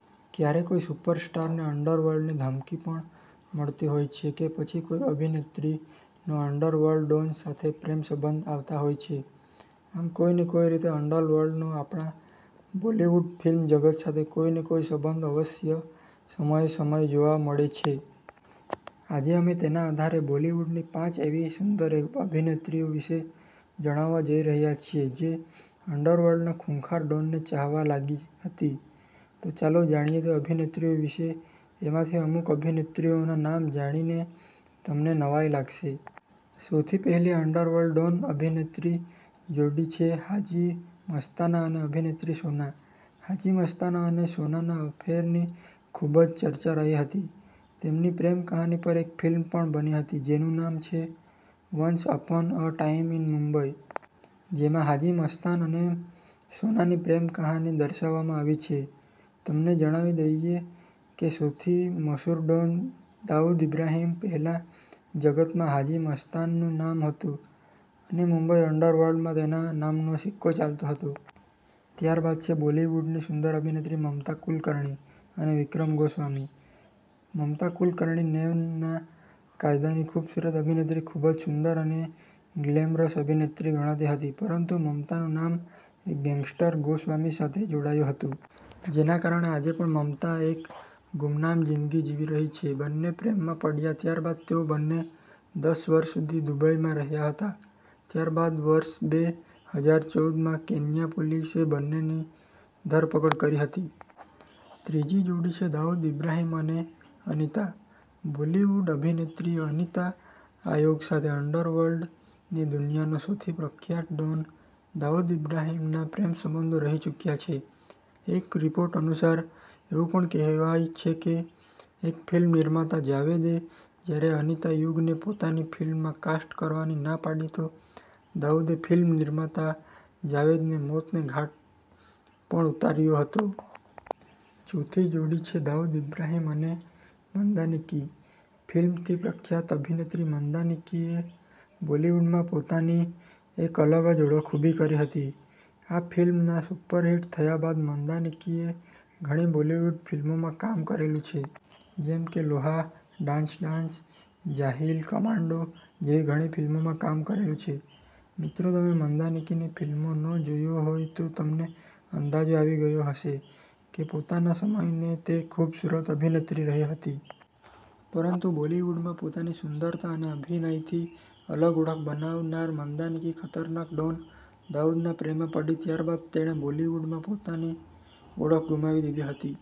ક્યારે કોઈ સુપરસ્ટાર ને અંડરવર્લ્ડની ધમકી પણ મળતી હોય છે કે પછી કોઈ અભિનેત્રી નો અન્ડરવર્લ્ડ ડોન સાથે પ્રેમ સંબંધ સામે આવતા હોય છે. આમ કોઈને કોઈ રીતે અંડરવર્લ્ડનો આપણા બોલિવૂડ ફિલ્મ જગત સાથે કોઈ ને કોઈ સંબંધ અવશ્ય સમયે સમય જોવા મળે છે. આજે અમે તેના આધારે બોલીવુડની પાંચ એવી સુંદર અભિનેત્રીઓ વિશે જણાવવા જઈ રહ્યા છીએ જે અંડરવર્લ્ડના ખૂંખાર ડોન ને ચાહવા લાગી હતી. તો ચાલો જાણીએ તે અભિનેત્રીઓ વિશે. એમાંથી અમુક અભિનેત્રીઓના નામ જાણીને તમને નવાઈ લાગશે. સૌથી પહેલી અંડરવર્લ્ડ ડોન અને અભિનેત્રીની જોડી છે, હાજી મસ્તાન અને અભિનેત્રી સોના. હાજી મસ્તાન અને સોનાના અફેરની ખૂબ જ ચર્ચા રહી હતી. તેમની પ્રેમ કહાની પર એક ફિલ્મ પણ બની હતી જેનું નામ છે," once upon a time in Mumbai". જેમાં હાજી મસ્તાન અને સોનાની પ્રેમ કહાની દર્શાવવામાં આવી છે. તમને જણાવી દઈએ કે સૌથી મસુર ડોન દાઉદ ઈબ્રાહીમ પહેલા જગતમાં હાજી મસ્તાન નું નામ હતું અને મુંબઇ અંડરવર્લ્ડમાં તેના નામનો સિક્કો ચાલતો હતો. ત્યારબાદ છે બોલિવૂડની સુંદર અભિનેત્રી મમતા કુલકર્ણી અને વિક્રમ ગોસ્વામી. મમતા કુલકર્ણી નેવ ના દાયકાની ખૂબસૂરત અભિનેત્રી ખૂબ જ સુંદર અને ગ્લેમરસ અભિનેત્રી ગણાતી હતી. પરંતુ મમતાનું નામ એક ગેંગસ્ટર ગોસ્વામી સાથે જોડાયું હતું. જેના કારણે આજે પણ મમતા એક ગુમનામ જીંદગી જીવી રહી છે. બન્ને પ્રેમમાં પડ્યા ત્યારબાદ તેઓ બંને દસ વર્ષ સુધી દુબઈમાં રહ્યા હતા ત્યારબાદ વર્ષ બે હજાર ચૌદમાં કેન્યા પોલીસે બંનેની ધરપકડ કરી હતી. ત્રીજી જોડી છે દાઉદ ઈબ્રાહીમ અને અનિતા. બોલિવૂડ અભિનેત્રી અનિતા આયોગ સાથે અંડરર્લ્ડ ની દુનિયા નો સૌથી પ્રખ્યાત ડોન દાઉદ ઈબ્રાહિમના પ્રેમસંબંધો રહી ચૂક્યા છે. એક રિપોર્ટ અનુસાર એવું પણ કહેવાય છે કે એક ફિલ્મ નિર્માતા જાવેદે જ્યારે અનિતા યુગને પોતાની ફિલ્મમાં કાસ્ટ કરવાની ના પાડી તો દાઉદે ફિલ્મનિર્માતા જાવેદને મોતને ઘાટ પણ ઉતાર્યો હતો. ચોથી જોડી છે દાઉદ ઈબ્રાહીમ અને મંદાકિની. ફિલ્મ થી પ્રખ્યાત અભિનેત્રી મંદાકિનીએ બોલિવૂડમાં પોતાની એક અલગ જ ઓળખ ઊભી કરી હતી. આ ફિલ્મના સુપર હિટ થયા બાદ મંદાકિની એ ઘણી બોલિવૂડ ફિલ્મોમાં કામ કરેલું છે. જેમકે ફિલ્મ લોહા, ડાન્સ ડાન્સ, જાહિલ, કમાન્ડો જેવી ઘણી ફિલ્મોમાં કામ કરેલું છે. મિત્રો તમે મંદાકિની ફિલ્મનો જોયો હોય તો તમને અંદાજો આવી ગયો હશે કે પોતાના સમયની તે સૌથી ખૂબસૂરત અભિનેત્રી રહી હશે. પરંતુ બોલિવૂડમાં પોતાની સુંદરતા અને અભિનયથી અલગ ઓળખ બનાવનાર મંદાકિની ખતરનાક ડોન દાઉદના પ્રેમમાં પડી ત્યારબાદ તેણે બોલિવૂડમાં પોતાની ઓળખ ગુમાવી દીધી હતી.